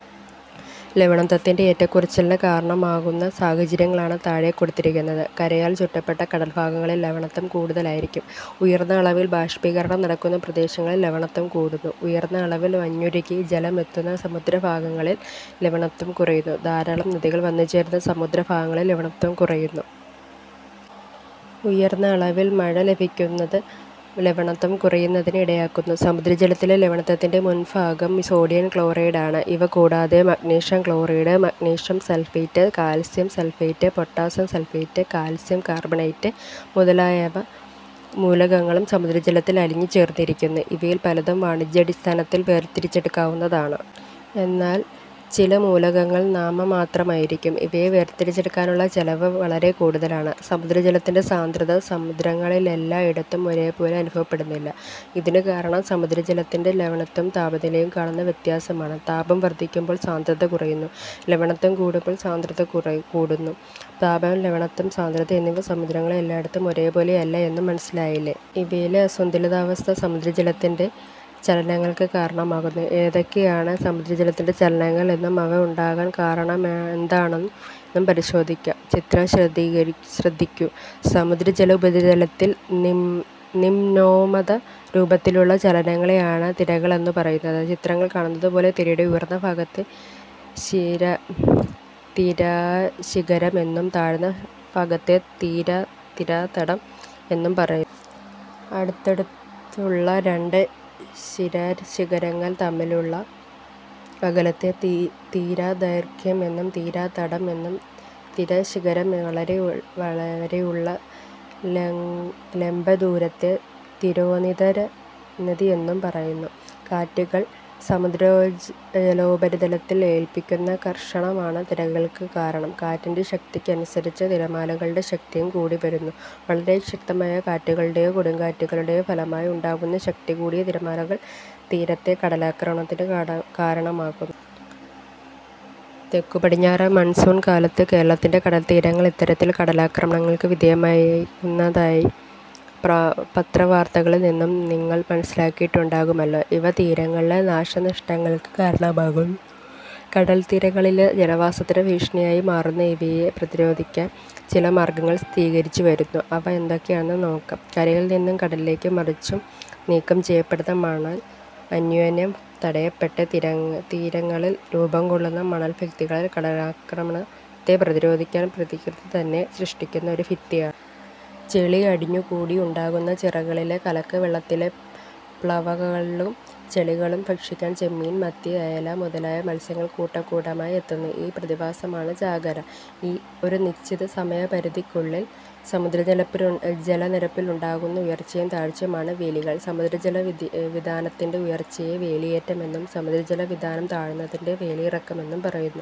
ലവണത്വത്തിന്റെ ഏറ്റക്കുറച്ചിലിന് കാരണമാകുന്ന സാഹചര്യങ്ങളാണ് താഴെ കൊടുത്തിരിക്കുന്നത്. കരയാൽ ചുറ്റപ്പെട്ട കടൽഭാഗങ്ങളിൽ ലവണത്വം കൂടുതലായിരിക്കും. ഉയർന്ന അളവിൽ ബാഷ്പീകരണം നടക്കുന്ന പ്രദേശങ്ങളിൽ ലവണത്വം കൂടുന്നു. ഉയർന്ന അളവിൽ മഞ്ഞുരുകി ജലം എത്തുന്ന സമുദ്രഭാഗങ്ങളിൽ ലവണത്വം കുറയുന്നു. ധാരാളം നദികൾ വന്നു ചേരുന്ന സമുദ്ര ഭാഗങ്ങളിൽ ലവണത്വം കുറയുന്നു. ഉയർന്ന അളവിൽ മഴ ലഭിക്കുന്നത് ലവണത്വം കുറയുന്നതിന് ഇടയാക്കുന്നു. സമുദ്രജലത്തിലെ ലവണത്വത്തിൽ മുഖ്യഭാഗം സോഡിയം ക്ലോറൈഡ് ആണ്. ഇവ കൂടാതെ magnesium chloride, magnesium sulphate, calcium sulphate, potassium sulphate, calcium carbonate മുതലായ മൂലകങ്ങളും സമുദ്രജലത്തിൽ അലിഞ്ഞുചേർന്നിരിക്കുന്നു. ഇവയിൽ പലതും വാണിജ്യാടിസ്ഥാനത്തിൽ വേർ തിരിച്ചെടുക്കാവുന്നതാണ്. എന്നാൽ ചില മൂലകങ്ങൾ നാമമാത്രമായിരിക്കും. ഇവയെ വേർതിരിച്ചെടുക്കാനുള്ള ചെലവ് വളരെ കൂടുതലാണ്. സമുദ്രജലത്തിന്റെ സാന്ദ്രത സമുദ്രങ്ങളിലെല്ലായിടത്തും ഒരുപോലെ അനുഭവപ്പെടുന്നില്ല. ഇതിനു കാരണം സമുദ്രജലത്തിന്റെ ലവണത്വത്തിലും താപനിലയിലും കാണുന്ന വ്യത്യാസമാണ്. താപം വർധിക്കുമ്പോൾ സാന്ദ്രത കുറയുന്നു; ലവണത്വം കൂടുമ്പോൾ സാന്ദ്രത കുടുന്നു. താപം, ലവണത്വം, സാന്ദ്രത എന്നിവ സമുദ്രങ്ങളിൽ എല്ലായിടത്തും ഒരുപോലെയല്ല എന്നു മനസ്സിലായില്ലേ. ഇവയിലെ അസന്തുലിതാവസ്ഥ സമുദ്രജലത്തിന്റെ ചലനങ്ങൾക്കു കാരണമാകുന്നു. ഏതൊക്കെയാണ് സമുദ്രജലത്തിന്റെ ചലനങ്ങൾ എന്നും അവ ഉണ്ടാകാൻ കാരണമെന്താണെന്നും പരിശോധിക്കാം. ചിത്രം ശ്രദ്ധിക്കൂ. സമുദ്രജല ഉപരിതലത്തിന്റെ നിമ്നോന്നത രൂപത്തിലുള്ള ചലനങ്ങളെയാണ് തിരകൾ എന്നു പറയുന്നത്. ചിത്രത്തിൽ കാണുന്നതുപോലെ തിരയുടെ ഉയർന്ന ഭാഗത്തെ തിരാശിഖരം എന്നും താഴ്ന്ന ഭാഗത്തെ തിരാതടം എന്നും പറയുന്നു. അടുത്തടുത്തുള്ള രണ്ട് തിരാശിഖരങ്ങൾ തമ്മിലുള്ള അകലത്തെ തിരാദൈർഘ്യം എന്നും തിരാതടം മുതൽ തിരശിഖരം വരെയുള്ള ലംബദൂരത്തെ തിരോന്നതി എന്നും പറയുന്നു. കാറ്റുകൾ സമുദ്രജലോപരിതലത്തിൽ ഏൽപ്പിക്കുന്ന ഘർഷണമാണ് തിരകൾക്കു കാരണം. കാറ്റിന്റെ ശക്തിക്കനുസരിച്ച് തിരമാലകളുടെ ശക്തിയും കൂടിവരുന്നു. വളരെ ശക്തമായ കാറ്റുകളുടെയോ കൊടുങ്കാറ്റുകളുടെയോ ഫലമായി ഉണ്ടാകുന്ന ശക്തികൂടിയ തിരമാലകൾ തീരങ്ങളിൽ കടലാക്രമണത്തിനു കാരണമാകുന്നു. തെക്കു-പടിഞ്ഞാറൻ മൺസൂൺ കാലത്ത് കേരളത്തിലെ കടൽത്തീരങ്ങൾ ഇത്തരത്തിൽ കടലാക്രമണങ്ങൾക്കു വിധേയമാകുന്നതായി പത്രവാർത്തകളിൽ നിന്നു നിങ്ങൾ മനസ്സിലാക്കിയിട്ടുണ്ടാകുമല്ലോ. ഇവ തീരങ്ങളിലെ നാശനഷ്ടങ്ങങ്ങൾക്ക് കാരണമാകുന്നു. കടൽത്തീരങ്ങളിലെ ജനവാസത്തിന് ഭീഷണിയായി മാറുന്ന ഇവയെ പ്രതിരോധിക്കാൻ ചില മാർഗങ്ങൾ സ്വീകരിച്ചുവരുന്നു. അവ എന്തൊക്കെയെന്ന് നോക്കൂ. കരയിൽ നിന്നു കടലിലേക്കും മറിച്ചും നീക്കം ചെയ്യപ്പെടുന്ന മണൽ അന്യോന്യം തടയപ്പെട്ട് തീരങ്ങളിൽ രൂപംകൊള്ളുന്ന മണൽഭിത്തികൾ കടലാക്രമണത്തെ പ്രതിരോധിക്കാൻ പ്രകൃതിതന്നെ സൃഷ്ടിക്കുന്ന ഒരു ഭിത്തിയാണ്. ചെളി അടിഞ്ഞുകൂടി ഉണ്ടാകുന്ന ചിറകളിലെ കലക്കവെളളത്തിലെ പ്ലവകങ്ങളും ചെളിയും ഭക്ഷിക്കാൻ ചെമ്മീൻ, മത്തി, അയല മുതലായ മത്സ്യങ്ങൾ കൂട്ടംകൂട്ടമായി എത്തുന്നു. ഈ പ്രതിഭാസമാണ് ചാകര. ഒരു നിശ്ചിത സമയപരിധിക്കുള്ളിൽ സമുദ്രജലനിരപ്പിനുണ്ടാകുന്ന ഉയർച്ചയും താഴ്ചയുമാണ് വേലികൾ. സമുദ്രജല വിതാനത്തിന്റെ ഉയർച്ചയെ വേലിയേറ്റമെന്നും സമുദ്രജല വിതാനം താഴുന്നതിനെ വേലിയിറക്കമെന്നും പറയുന്നു.